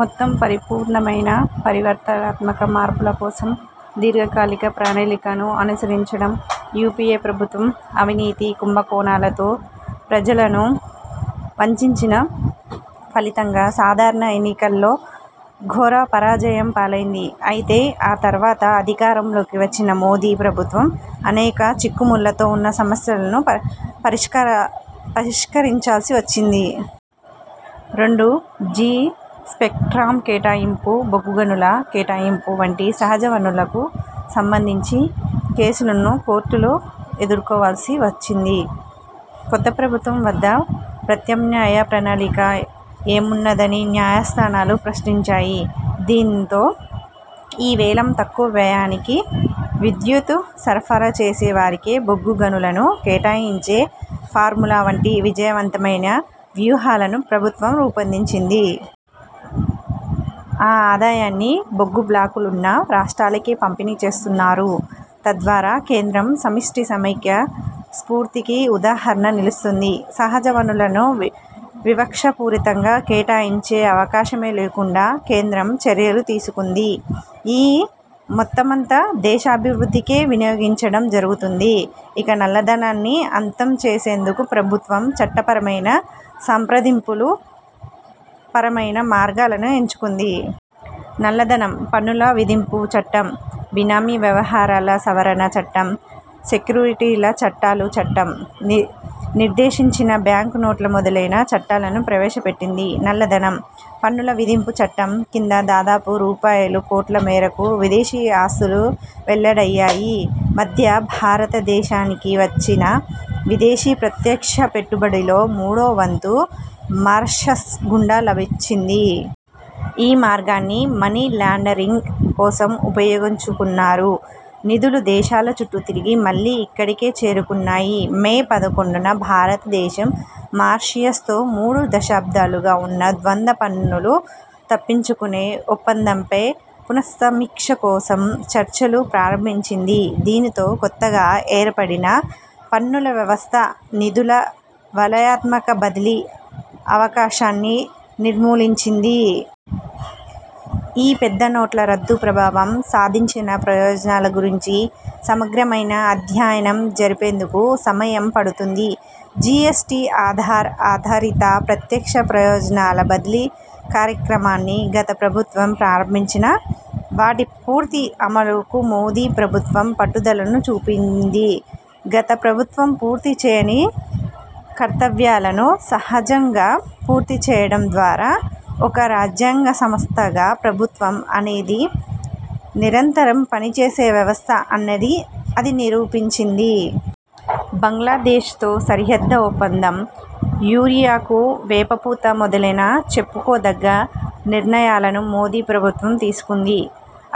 మొత్తం పరిపూర్ణమైన పరివర్తనాత్మక మార్పుల కోసం దీర్ఘకాలిక ప్రణాళికను అనుసరించడం. యుపిఏ ప్రభుత్వం అవినీతి, కుంభకోణాలతో ప్రజలను వంచించిన ఫలితంగా సాధారణ ఎన్నికల్లో ఘోర పరాజయం పాలైంది. అయితే ఆ తర్వాత అధికారంలోకి వచ్చిన మోదీ ప్రభుత్వం అనేక చిక్కుముళ్లతో ఉన్న సమస్యలను పరిష్కరించాల్సి వచ్చింది. రెండు జి స్పెక్ట్రమ్ కేటాయింపు, బొగ్గుగనుల కేటాయింపు వంటి సహజ వనరులకు సంబంధించి కేసులను కోర్టుల్లో ఎదుర్కోవాల్సి వచ్చింది. కొత్త ప్రభుత్వం వద్ద ప్రత్యామ్నాయ ప్రణాళిక ఏమున్నదని న్యాయస్థానాలు ప్రశ్నించాయి. దీనితో ఈ-వేలం, తక్కువ వ్యయానికి విద్యుత్ సరఫరా చేసే వారికే బొగ్గు గనులను కేటాయించే ఫార్ములా వంటి విజయవంతమైన వ్యూహాలను ప్రభుత్వం రూపొందించింది. ఈ ఆదాయాన్ని బొగ్గు బ్లాకులున్న రాష్ట్రాలకే పంపిణీ చేస్తున్నారు. తద్వారా కేంద్రం సమిష్టి సమాఖ్య స్ఫూర్తికి ఉదాహరణగా నిలుస్తోంది. సహజ వనరులను వివక్షాపూరితంగా కేటాయించే అవకాశమే లేకుండా కేంద్రం చర్యలు తీసుకుంది. ఈ మొత్తమంతా దేశాభివృద్దికే వినియోగించడం జరుగుతోంది. ఇక నల్లధనాన్ని అంతం చేసేందుకు ప్రభుత్వం చట్టపరమైన, సంప్రదింపుల పరమైన మార్గాలను ఎంచుకుంది. నల్లధనం, పన్నుల విధింపు చట్టం, బినామీ వ్యవహారాల సవరణ చట్టం, సెక్యూరిటీల చట్టాలు చట్టం, నిర్దేశించిన బ్యాంకు నోట్ల మొదలైన చట్టాలను ప్రవేశపెట్టింది. నల్లధనం, పన్నుల విధింపు చట్టం క్రింద దాదాపు రూ. కోట్ల మేరకు విదేశీ ఆస్తులు వెల్లడయ్యాయి. మధ్య భారత దేశానికి వచ్చిన విదేశీ ప్రత్యక్ష పెట్టుబడిలో మూడో వంతు మారిషస్ గుండా లభించింది. ఈ మార్గాన్ని మనీ లాండరింగ్ కోసం ఉపయోగించుకున్నారు. నిధులు దేశాల చుట్టూ తిరిగి మళ్లీ ఇక్కడికే చేరుకున్నాయి. మే పదకొండున భారత దేశం మారిషస్ తో మూడు దశాబ్దాలుగా ఉన్న ద్వంద్వ పన్నులు తప్పించుకునే ఒప్పందంపై పునస్సమీక్ష కోసం చర్చలు ప్రారంభించింది. దీనితో కొత్తగా ఏర్పడిన పన్నుల వ్యవస్థ నిధుల వలయాత్మక బదిలీ అవకాశాన్ని నిర్మూలించింది. ఇక పెద్ద నోట్ల రద్దు ప్రభావం సాధించిన ప్రయోజనాల గురించి సమగ్ర మైన అధ్యయనం జరిపేందుకు సమయం పడుతుంది. జీఎస్టీ, ఆధార్ ఆధారిత ప్రత్యక్ష ప్రయోజనాల బదిలీ కార్యక్రమాన్ని గత ప్రభుత్వం ప్రారంభించినా, వాటి పూర్తి అమలుకు మోదీ ప్రభుత్వం పట్టుదలను చూపింది. గత ప్రభుత్వం పూర్తి చేయని కర్తవ్యాలను సహజంగా పూర్తిచేయడం ద్వారా ఒక రాజ్యాంగ సంస్థగా ప్రభుత్వం అనేది నిరంతరం పనిచేసే వ్యవస్థ అన్నది అది నిరూపించింది. బంగ్లాదేశ్ తో సరిహద్దు ఒప్పందం, యూరియాకు వేపపూత మొదలైన చెప్పుకోదగ్గ నిర్ణయాలను మోదీ ప్రభుత్వం తీసుకుంది.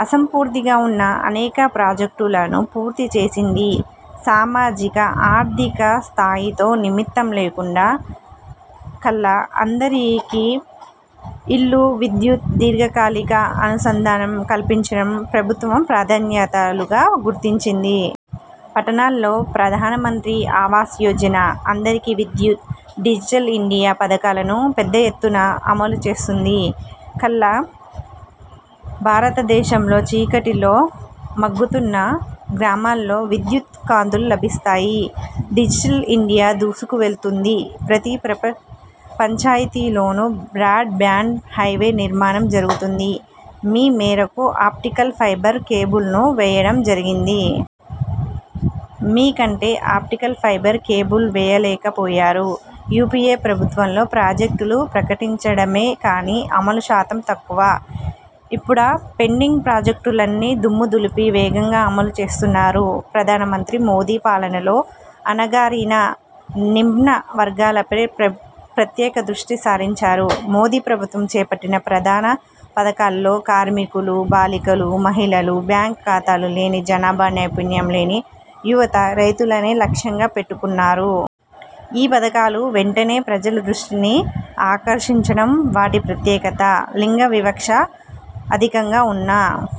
అసంపూర్తిగా ఉన్న అనేక ప్రాజెక్టులను పూర్తి చేసింది. సామాజిక, ఆర్థిక స్థాయితో నిమిత్తం లేకుండా కల్లా అందరికీ ఇళ్లు, విద్యుత్, దీర్ఘకాలిక అనుసంధానం కల్పించడం ప్రభుత్వ ప్రాధాన్యతలుగా గుర్తించింది. పట్టణాల్లో ప్రధానమంత్రి ఆవాస్ యోజన, అందరికీ విద్యుత్, డిజిటల్ ఇండియా పథకాలను పెద్ద ఎత్తున అమలు చేస్తోంది. కల్లా భారత దేశంలో చీకటిలో మ్రగ్గుతున్న గ్రామాల్లో విద్యుత్ కాంతులు లభిస్తాయి. డిజిటల్ ఇండియా దూసుకువెళుతోంది. ప్రతి పంచాయతీలోనూ బ్రాడ్ బ్యాండ్ హైవే నిర్మాణం జరుగుతోంది. మీ మేరకు ఆప్టికల్ ఫైబర్ కేబుల్ ను వేయడం జరిగింది. మీ కంటే ఆప్టికల్ ఫైబర్ కేబుల్ వేయలేకపోయారు. యుపిఏ ప్రభుత్వంలో ప్రాజెక్టులు ప్రకటించడమే కాని అమలు శాతం తక్కువ. ఇప్పుడా పెండింగ్ ప్రాజెక్టులన్నీ దుమ్ము దులిపి వేగంగా అమలు చేస్తున్నారు. ప్రధానమంత్రి మోదీ పాలనలో అణగారిన, నిమ్న వర్గాలపై ప్రత్యేక దృష్టి సారించారు. మోదీ ప్రభుత్వం చేపట్టిన ప్రధాన పథకాల్లో కార్మికులు, బాలికలు, మహిళలు, బ్యాంకు ఖాతాలు లేని జనాభా, నైపుణ్యం లేని యువత, రైతులనే లక్ష్యంగా పెట్టుకున్నారు. ఈ పథకాలు వెంటనే ప్రజల దృష్టిని ఆకర్షించడం వాటి ప్రత్యేకత. లింగ వివక్ష అధికంగా ఉన్న